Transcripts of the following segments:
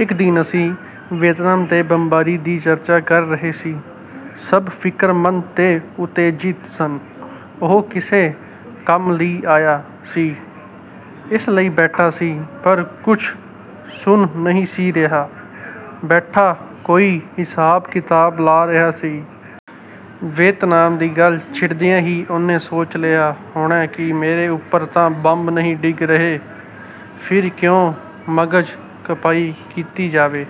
ਇੱਕ ਦਿਨ ਅਸੀਂ ਵੀਅਤਨਾਮ 'ਤੇ ਬੰਬਾਰੀ ਦੀ ਚਰਚਾ ਕਰ ਰਹੇ ਸੀ। ਸਭ ਫਿਕਰਮੰਦ ਤੇ ਉਤੇਜਿਤ ਸਨ। ਉਹ ਕਿਸੇ ਕੰਮ ਲਈ ਆਇਆ ਸੀ, ਇਸ ਲਈ ਬੈਠਾ ਸੀ, ਪਰ ਕੁਝ ਸੁਣ ਨਹੀਂ ਸੀ ਰਿਹਾ। ਬੈਠਾ ਕੋਈ ਹਿਸਾਬ-ਕਿਤਾਬ ਲਾ ਰਿਹਾ ਸੀ। ਵੀਅਤਨਾਮ ਦੀ ਗੱਲ ਛਿੜਦਿਆਂ ਹੀ ਉਹਨੇ ਸੋਚ ਲਿਆ ਹੋਣਾ ਕਿ ਮੇਰੇ ਉੱਪਰ ਤਾਂ ਬੰਬ ਨਹੀਂ ਡਿੱਗ ਰਹੇ, ਫਿਰ ਕਿਉਂ ਮਗਜ਼ ਖਪਾਈ ਕੀਤੀ ਜਾਵੇ।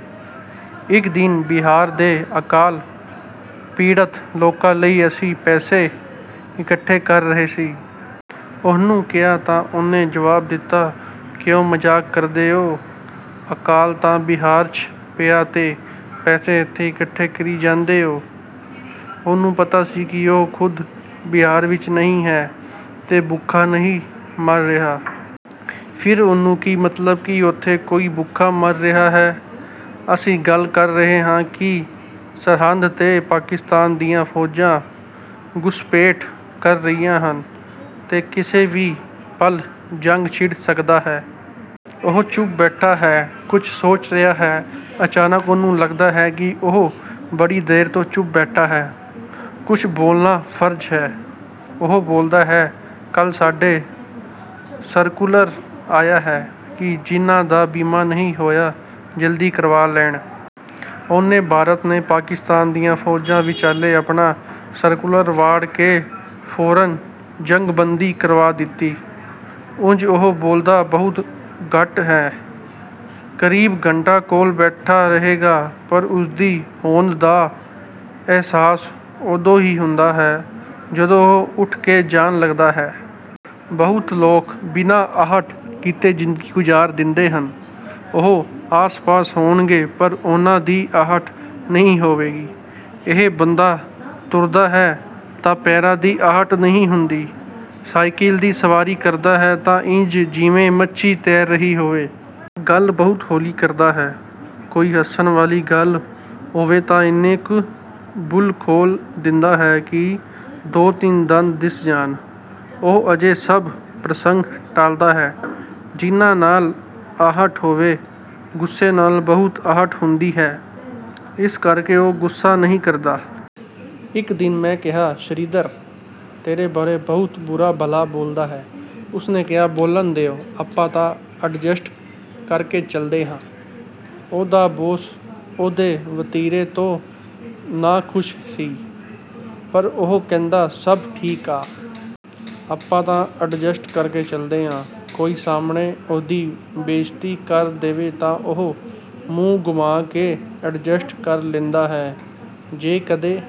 ਇੱਕ ਦਿਨ ਬਿਹਾਰ ਦੇ ਅਕਾਲ ਪੀੜਤ ਲੋਕਾਂ ਲਈ ਅਸੀਂ ਪੈਸੇ ਇਕੱਠੇ ਕਰ ਰਹੇ ਸੀ। ਉਹਨੂੰ ਕਿਹਾ ਤਾਂ ਉਹਨੇ ਜਵਾਬ ਦਿੱਤਾ, "ਕਿਉਂ ਮਜ਼ਾਕ ਕਰਦੇ ਓ। ਅਕਾਲ ਤਾਂ ਬਿਹਾਰ 'ਚ ਪਿਆ ਤੇ ਪੈਸੇ ਇੱਥੇ ਇਕੱਠੇ ਕਰੀ ਜਾਂਦੇ ਓ।" ਉਹਨੂੰ ਪਤਾ ਸੀ ਕਿ ਉਹ ਖੁਦ ਬਿਹਾਰ ਵਿੱਚ ਨਹੀਂ ਹੈ ਤੇ ਭੁੱਖਾ ਨਹੀਂ ਮਰ ਰਿਹਾ। ਫਿਰ ਉਹਨੂੰ ਕੀ ਮਤਲਬ ਕਿ ਉੱਥੇ ਕੋਈ ਭੁੱਖਾ ਮਰ ਰਿਹਾ ਹੈ। ਅਸੀਂ ਗੱਲ ਕਰ ਰਹੇ ਹਾਂ ਕਿ ਸਰਹੰਦ 'ਤੇ ਪਾਕਿਸਤਾਨ ਦੀਆਂ ਫੌਜਾਂ ਘੁਸਪੈਠ ਕਰ ਰਹੀਆਂ ਹਨ ਤੇ ਕਿਸੇ ਵੀ ਪਲ ਜੰਗ ਛਿੜ ਸਕਦਾ ਹੈ। ਉਹ ਚੁੱਪ ਬੈਠਾ ਹੈ, ਕੁਝ ਸੋਚ ਰਿਹਾ ਹੈ। ਅਚਾਨਕ ਉਹਨੂੰ ਲਗਦਾ ਹੈ ਕਿ ਉਹ ਬੜੀ ਦੇਰ ਤੋਂ ਚੁੱਪ ਬੈਠਾ ਹੈ, ਕੁਝ ਬੋਲਣਾ ਫਰਜ਼ ਹੈ। ਉਹ ਬੋਲਦਾ ਹੈ, "ਕੱਲ ਸਾਡੇ ਸਰਕੂਲਰ ਆਇਆ ਹੈ ਕਿ ਜਿਹਨਾਂ ਦਾ ਬੀਮਾ ਨਹੀਂ ਹੋਇਆ ਜਲਦੀ ਕਰਵਾ ਲੈਣ।" ਉਹਨੇ ਭਾਰਤ ਤੇ ਪਾਕਿਸਤਾਨ ਦੀਆਂ ਫੌਜਾਂ ਵਿਚਾਲੇ ਆਪਣਾ ਸਰਕੂਲਰ ਵਾੜ ਕੇ ਫੌਰਨ ਜੰਗਬੰਦੀ ਕਰਵਾ ਦਿੱਤੀ। ਉਂਝ ਉਹ ਬੋਲਦਾ ਬਹੁਤ ਘੱਟ ਹੈ। ਕਰੀਬ ਘੰਟਾ ਕੋਲ ਬੈਠਾ ਰਹੇਗਾ, ਪਰ ਉਸਦੀ ਹੋਂਦ ਦਾ ਅਹਿਸਾਸ ਉਦੋਂ ਹੀ ਹੁੰਦਾ ਹੈ ਜਦੋਂ ਉਹ ਉੱਠ ਕੇ ਜਾਣ ਲਗਦਾ ਹੈ। ਬਹੁਤ ਲੋਕ ਬਿਨਾਂ ਆਹਟ ਕੀਤੇ ਜ਼ਿੰਦਗੀ ਗੁਜ਼ਾਰ ਦਿੰਦੇ ਹਨ। ਉਹ ਆਸ-ਪਾਸ ਹੋਣਗੇ, ਪਰ ਉਹਨਾਂ ਦੀ ਆਹਟ ਨਹੀਂ ਹੋਵੇਗੀ। ਇਹ ਬੰਦਾ ਤੁਰਦਾ ਹੈ ਤਾਂ ਪੈਰਾਂ ਦੀ ਆਹਟ ਨਹੀਂ ਹੁੰਦੀ। ਸਾਈਕਲ ਦੀ ਸਵਾਰੀ ਕਰਦਾ ਹੈ ਤਾਂ ਇੰਝ ਜਿਵੇਂ ਮੱਛੀ ਤੈਰ ਰਹੀ ਹੋਵੇ। ਗੱਲ ਬਹੁਤ ਹੌਲੀ ਕਰਦਾ ਹੈ। ਕੋਈ ਹੱਸਣ ਵਾਲੀ ਗੱਲ ਹੋਵੇ ਤਾਂ ਇੰਨੇ ਕੁ ਬੁੱਲ੍ਹ ਖੋਲ੍ਹ ਦਿੰਦਾ ਹੈ ਕਿ ਦੋ-ਤਿੰਨ ਦੰਦ ਦਿਸ ਜਾਣ। ਉਹ ਅਜਿਹੇ ਸਭ ਪ੍ਰਸੰਗ ਟਾਲਦਾ ਹੈ ਜਿਹਨਾਂ ਨਾਲ ਆਹਟ ਹੋਵੇ। ਗੁੱਸੇ ਨਾਲ ਬਹੁਤ ਆਹਟ ਹੁੰਦੀ ਹੈ, ਇਸ ਕਰਕੇ ਉਹ ਗੁੱਸਾ ਨਹੀਂ ਕਰਦਾ। ਇੱਕ ਦਿਨ ਮੈਂ ਕਿਹਾ, "ਸ਼੍ਰੀਧਰ ਤੇਰੇ ਬਾਰੇ ਬਹੁਤ ਬੁਰਾ-ਭਲਾ ਬੋਲਦਾ ਹੈ।" ਉਸਨੇ ਕਿਹਾ, "ਬੋਲਣ ਦਿਓ। ਆਪਾਂ ਤਾਂ ਅਡਜਸਟ ਕਰਕੇ ਚਲਦੇ ਆਂ।" ਉਹਦਾ ਬੌਸ ਉਹਦੇ ਵਤੀਰੇ ਤੋਂ ਨਾਖੁਸ਼ ਸੀ। ਪਰ ਉਹ ਕਹਿੰਦਾ, "ਸਭ ਠੀਕ ਆ। ਆਪਾਂ ਤਾਂ ਅਡਜਸਟ ਕਰਕੇ ਚਲਦੇ ਆਂ।" ਕੋਈ ਸਾਹਮਣੇ ਉਹਦੀ ਬੇਇੱਜ਼ਤੀ ਕਰ ਦੇਵੇ ਤਾਂ ਉਹ ਮੂੰਹ ਘੁਮਾ ਕੇ ਅਡਜਸਟ ਕਰ ਲੈਂਦਾ ਹੈ। ਜੇ ਕਦੇ